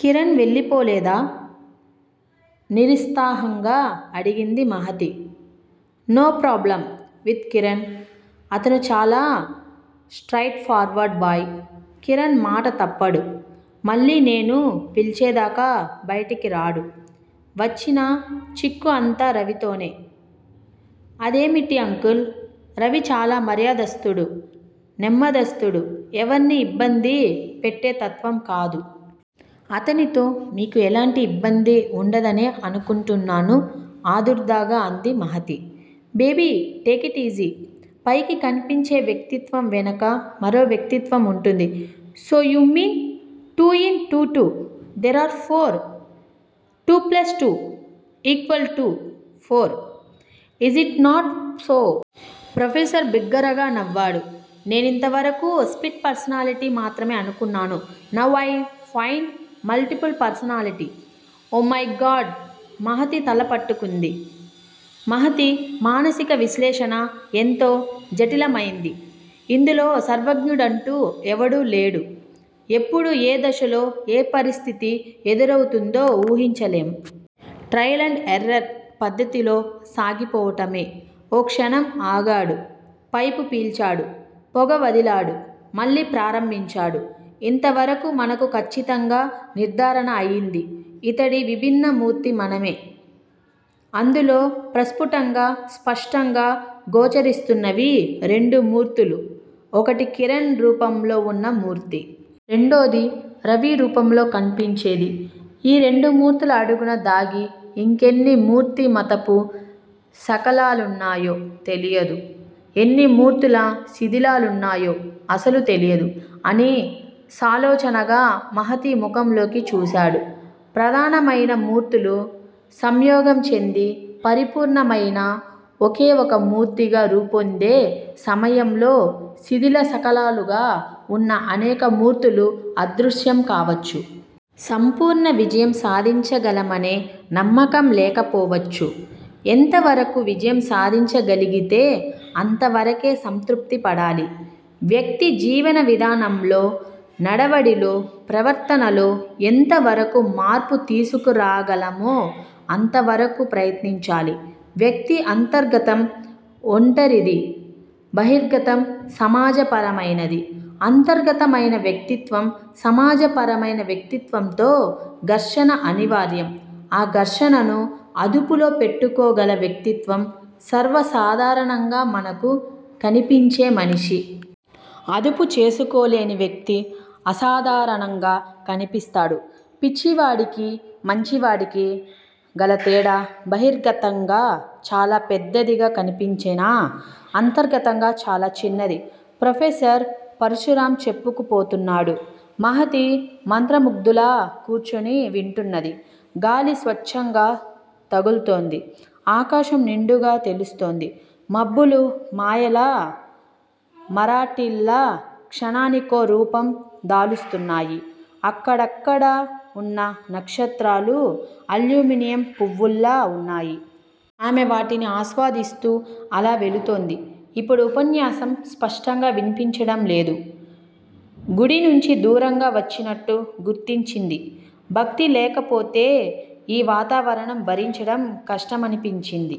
కిరణ్ వెళ్ళిపోలేదా? నిరిత్సాహంగా అడిగింది Mahati. No problem with Kiran! అతను చాలా straightforward boy! Kiran మాట తప్పడు. మళ్ళీ నేను పిల్చేదాకా బయటికిరాడు. వచ్చిన చిక్కు అంతా రవితోనే! అదేమిటి అంకుల్! రవి చాలా మర్యాదస్తుడు. నెమ్మదస్తుడు. ఎవర్నీ ఇబ్బంది పెట్టేతత్వం కాదు. అతనితో మీకు ఎలాంటి ఇబ్బందీ ఉండదనే అనుకుంటున్నాను ఆదుర్దాగా అంది మహతి. Baby take it easy! పైకి కన్పించే వ్యక్తిత్వం వెనక మరోవ్యక్తిత్వం ఉంటుంది. So you mean two in to two there are four. Two plus two equal to four. Is it not so. Professor బిగ్గరగా నవ్వాడు. నేనింతవరకూ స్ప్లిట్ పర్సనాలిటీ మాత్రమే అనుకున్నాను. Now I find multiple personality. Oh my god Mahati తల పట్టుకొంది. మహతీ! మానసిక విశ్లేషణ ఎంతో జటిలమైంది. ఇందులో సర్వజ్ఞుడంటూ ఎవడూ లేడు. ఎప్పుడు ఏ దశలో, ఏ పరిస్థితి ఎదురవుతుందో ఊహించలేం. ట్రయల్ అండ్ ఎర్రర్ పద్దతిలో సాగిపోవడమే ఓ క్షణం ఆగాడు. పైపు పీల్చాడు. పొగ వదిలాడు. మళ్ళీ ప్రారంభించాడు. ఇంతవరకు మనకు ఖచ్చితంగా నిర్ధారణ అయింది ఇతడి విభిన్నమూర్తి మతమే. అందులో ప్రస్ఫుటంగా, స్పష్టంగా గోచరిస్తున్నవి రెండు మూర్తులు. ఒకటి కిరణ్ రూపంలో వున్న మూర్తి. రెండోది రవి రూపంలో కన్పించేది. ఈ రెండుమూర్తుల అడుగున దాగి ఇంకెన్ని మూర్తిమతపు శకలాలున్నాయో తెలియదు. ఎన్నిమూర్తుల శిధిలాలున్నాయో అసలు తెలియదు అని సాలోచనగా మహతి ముఖంలోకి చూశాడు. ప్రధానమయిన మూర్తులు సంయోగంచెంది పరిపూర్ణ మయిన ఒకే ఒక మూర్తిగా రూపొందే సమయంలో, శిధిలశకలాలుగా వున్న అనేక మూర్తులు అదృశ్యం కావచ్చు. సంపూర్ణ విజయం సాధించగలమనే నమ్మకం లేకపోవచ్చు. ఎంతవరకు విజయం సాధించగలిగితే అంతవరకే సంతృప్తి పడాలి. వ్యక్తి జీవనవిధానంలో, నడవడిలో, ప్రవర్తనలో ఎంతవరకు మార్పు తీసుకురాగలమో అంతవరకూ ప్రయత్నించాలి. వ్యక్తి అంతర్గతం ఒంటరిది. బహిర్గతం సమాజపరమయినది. అంతర్గత మయిన వ్యక్తిత్వం, సమాజపరమైన వ్యక్తిత్వంతో ఘర్షణ అనివార్యం. ఆ ఘర్షణను అదుపులో పెట్టుకోగల వ్యక్తిత్వం సర్వసాధారణంగా మనకు కనిపించేమనిషి. అదుపు చేసుకోలేనివ్యక్తి అసాధారణంగా కనిపిస్తాడు. పిచ్చివాడికీ, మంచివాడికీ గలతేడా బహిర్గతంగా చాలా పెద్దదిగా కనిపించినా, అంతర్గతంగా చాలాచిన్నది ప్రొఫెసర్ పరశురాం చెప్పుకుపోతున్నాడు. మహతి మంత్రముగ్ధలా కూర్చుని వింటున్నది.। గాలి స్వచ్ఛంగా తగుల్తోంది. ఆకాశం నిండుగా తెలుస్తోంది. మబ్బులు మాయల మరాఠీల్లా క్షణానికో రూపం దాలుస్తున్నాయి. అక్కడక్కడా వున్న నక్షత్రాలు అల్యూమినియం పువ్వుల్లా వున్నాయి. ఆమె వాటిని ఆస్వాదిస్తూ అలా వెళుతోంది. ఇప్పుడు ఉపన్యాసం స్పష్టంగా విన్పించడంలేదు. గుడినుంచి దూరంగా వచ్చినట్టు గుర్తించింది. భక్తి లేకపోతే ఈ వాతావరణం భరించడం కష్టమనిపించింది